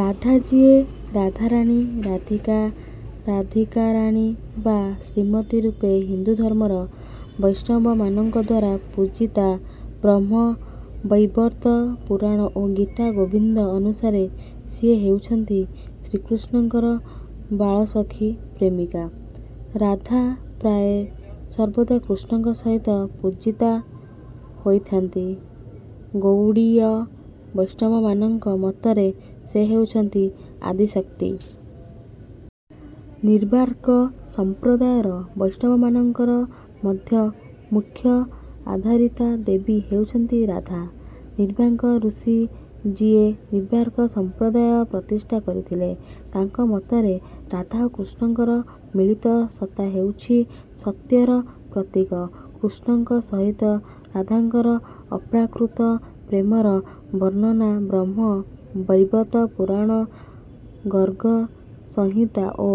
ରାଧା ଯିଏ ରାଧାରାଣୀ ରାଧିକା ରାଧୀକାରାଣୀ ବା ଶ୍ରୀମତୀ ରୂପେ ହିନ୍ଦୁଧର୍ମର ବୈଷ୍ଣବମାନଙ୍କଦ୍ୱାରା ପୂଜିତା ବ୍ରହ୍ମ ବୈବର୍ତ ପୁରାଣ ଓ ଗୀତ ଗୋବିନ୍ଦ ଅନୁସାରେ ସିଏ ହେଉଛନ୍ତି ଶ୍ରୀକୃଷ୍ଣଙ୍କର ବାଳସଖି ପ୍ରେମିକା। ରାଧା ପ୍ରାୟ ସର୍ବଦା କୃଷ୍ଣଙ୍କ ସହିତ ପୂଜିତା ହୋଇଥାନ୍ତି। ଗୌଡ଼ୀୟ ବୈଷ୍ଣବମାନଙ୍କ ମତରେ ସେ ହେଉଛନ୍ତି ଆଦିଶକ୍ତି। ନିମ୍ବାର୍କ ସମ୍ପ୍ରଦାୟର ବୈଷ୍ଣବମାନଙ୍କର ମଧ୍ୟ ମୂଖ୍ୟ ଆଧାରିତା ଦେବୀ ହେଉଛନ୍ତି ରାଧା। ନିମ୍ବାର୍କ ଋଷି ଯିଏ ନିମ୍ବାର୍କ ସମ୍ପ୍ରଦାୟ ପ୍ରତିଷ୍ଠା କରିଥିଲେ ତାଙ୍କ ମତରେ ରାଧା ଓ କୃଷ୍ଣଙ୍କର ମିଳିତ ସତ୍ତା ହେଉଛି ସତ୍ୟର ପ୍ରତୀକ। କୃଷ୍ଣଙ୍କ ସହିତ ରାଧାଙ୍କର ଅପ୍ରାକୃତ ପ୍ରେମର ବର୍ଣ୍ଣନା ବ୍ରହ୍ମ ବୈବର୍ତ ପୁରାଣ ଗର୍ଗ ସଂହିତା ଓ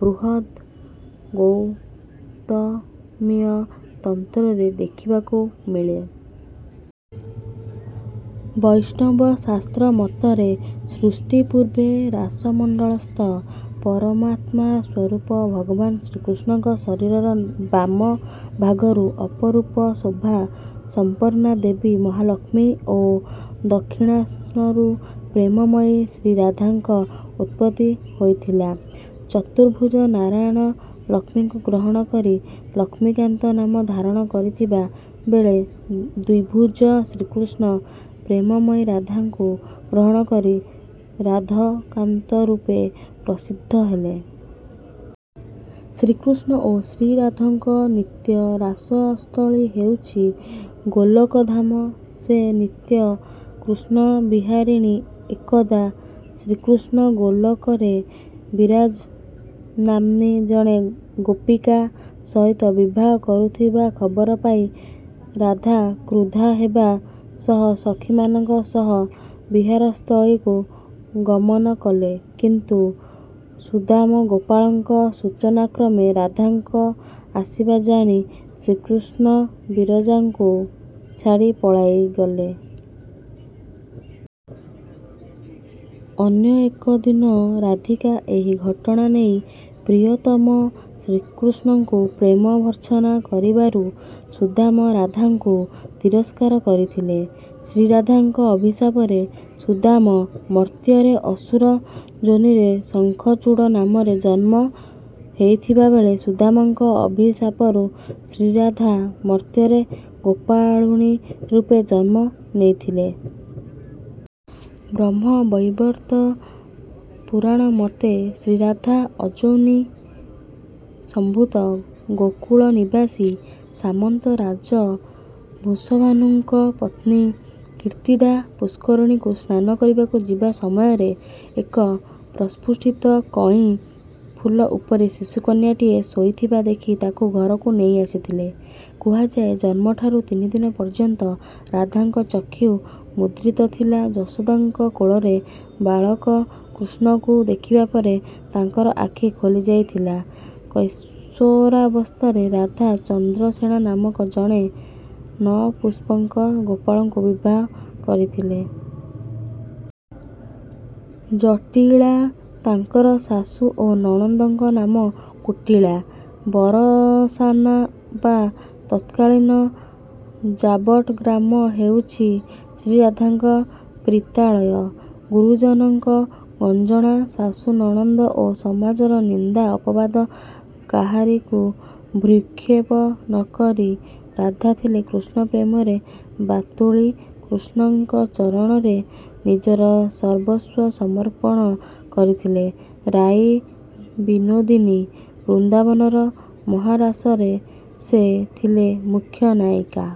ବୃହଦ୍ ଗୌତମୀୟ ତନ୍ତ୍ରରେ ଦେଖିବାକୁ ମିଳେ। ବୈଷ୍ଣବ ଶାସ୍ତ୍ର ମତରେ ସୃଷ୍ଟି ପୂର୍ବେ ରାସମଣ୍ଡଳସ୍ଥ ପରମାତ୍ମା ସ୍ୱରୂପ ଭଗବାନ ଶ୍ରୀକୃଷ୍ଣଙ୍କ ଶରୀରର ବାମ ଭାଗରୁ ଅପରୂପ ଶୋଭା ସମ୍ପନ୍ନା ଦେବୀ ମହାଲକ୍ଷ୍ମୀ ଓ ଦକ୍ଷିଣାଂଶରୁ ପ୍ରେମମୟୀ ଶ୍ରୀରାଧାଙ୍କ ଉତ୍ପତ୍ତି ହୋଇଥିଲା ଚତୁର୍ଭୁଜ ନାରାୟଣ ଲକ୍ଷ୍ମୀଙ୍କୁ ଗ୍ରହଣ କରି ଲକ୍ଷ୍ମୀକାନ୍ତ ନାମ ଧାରଣ କରିଥିବା ବେଳେ ଦ୍ୱିଭୁଜ ଶ୍ରୀକୃଷ୍ଣ ପ୍ରେମମୟୀ ରାଧିକାଙ୍କୁ ଗ୍ରହଣ କରି ରାଧକାନ୍ତ ରୂପେ ପ୍ରସିଦ୍ଧ ହେଲେ। ଶ୍ରୀକୃଷ୍ଣ ଓ ଶ୍ରୀରାଧଙ୍କ ନିତ୍ୟ ରାସସ୍ଥଳୀ ହେଉଛି ଗୋଲୋକ ଧାମ ସେ ନିତ୍ୟ କୃଷ୍ଣ ବିହାରିଣୀ ଏକଦା ଶ୍ରୀକୃଷ୍ଣ ଗୋଲୋକରେ ବିରଜା ନାମ୍ନୀ ଜଣେ ଗୋପୀକା ସହିତ ବିହାର କରୁଥିବା ଖବର ପାଇ ରାଧା କ୍ରୁଧା ହେବା ସହ ସଖିମାନଙ୍କ ସହ ବିହାରସ୍ଥଳୀକୁ ଗମନ କଲେ କିନ୍ତୁ ସୁଦାମ ଗୋପାଳଙ୍କ ସୂଚନାକ୍ରମେ ରାଧାଙ୍କ ଆସିବା ଜାଣି ଶ୍ରୀକୃଷ୍ଣ ବିରଜାଙ୍କୁ ଛାଡି ପଳାଇଗଲେ। ଅନ୍ୟ ଏକଦିନ ରାଧିକା ଏହି ଘଟଣା ନେଇ ପ୍ରିୟତମ ଶ୍ରୀକୃଷ୍ଣଙ୍କୁ ପ୍ରେମ ଭର୍ତ୍ସନା କରିବାରୁ ସୁଦାମ ରାଧାଙ୍କୁ ତିରସ୍କାର କରିଥିଲେ ଶ୍ରୀରାଧାଙ୍କ ଅଭିଶାପରେ ସୁଦାମ ମର୍ତ୍ତ୍ୟରେ ଅସୁର ଯୋନିରେ ଶଙ୍ଖଚୂଡ଼ ନାମରେ ଜନ୍ମ ନେଇଥିବା ବେଳେ ସୁଦାମଙ୍କ ଅଭିଶାପରୁ ଶ୍ରୀରାଧା ମର୍ତ୍ତ୍ୟରେ ଗୋପାଳୁଣୀ ରୂପେ ଜନ୍ମ ନେଇଥିଲେ। ବ୍ରହ୍ମବୈବର୍ତ୍ତ ପୁରାଣ ମତେ ଶ୍ରୀରାଧା ଅଯୋନି ସମ୍ଭୂତ ଗୋକୁଳ ନିବାସୀ ସାମନ୍ତ ରାଜ ବୃଷଭାନୁଙ୍କ ପତ୍ନୀ କୀର୍ତ୍ତିଦା ପୁଷ୍କରିଣୀକୁ ସ୍ନାନ କରିବାକୁ ଯିବା ସମୟରେ ଏକ ପ୍ରସ୍ଫୁଟିତ କଇଁ ଫୁଲ ଉପରେ ଶିଶୁକନ୍ୟାଟିଏ ଶୋଇଥିବା ଦେଖି ତାକୁ ଘରକୁ ନେଇ ଆସିଥିଲେ। କୁହାଯାଏ ଜନ୍ମଠାରୁ ତିନିଦିନ ପର୍ଯ୍ୟନ୍ତ ରାଧାଙ୍କ ଚକ୍ଷୁ ମୁଦ୍ରିତ ଥିଲା ଯଶୋଦାଙ୍କ କୋଳରେ ବାଳକ କୃଷ୍ଣଙ୍କୁ ଦେଖିବା ପରେ ତାଙ୍କର ଆଖି ଖୋଲିଯାଇଥିଲା କୈଶୋରାବସ୍ଥାରେ ରାଧା ଚନ୍ଦ୍ରସେଣା ନାମକ ଜଣେ ନପୁସଂକ ଗୋପାଳଙ୍କୁ ବିବାହ କରିଥିଲେ। ଜଟିଳା ତାଙ୍କର ଶାଶୁ ଓ ନଣନ୍ଦଙ୍କ ନାମ କୁଟିଳା ବରସାନା ବା ତତ୍କାଳୀନ ଯାବଟ ଗ୍ରାମ ହେଉଛି ଶ୍ରୀରାଧାଙ୍କ ପିତ୍ରାଳୟ। ଗୁରୁଜନଙ୍କ ଗଞ୍ଜଣା ଶାଶୁ ନଣନ୍ଦ ଓ ସମାଜର ନିନ୍ଦା ଅପବାଦ କାହାରିକୁ ଭ୍ରୂକ୍ଷେପ ନକରି ରାଧା ଥିଲେ କୃଷ୍ଣପ୍ରେମରେ ବାତୁଳୀ କୃଷ୍ଣଙ୍କ ଚରଣରେ ନିଜର ସର୍ବସ୍ୱ ସମର୍ପଣ କରିଥିଲେ ରାଇ ବିନୋଦିନୀ ବୃନ୍ଦାବନର ମହାରାସରେ ସେ ଥିଲେ ମୁଖ୍ୟ ନାୟିକା।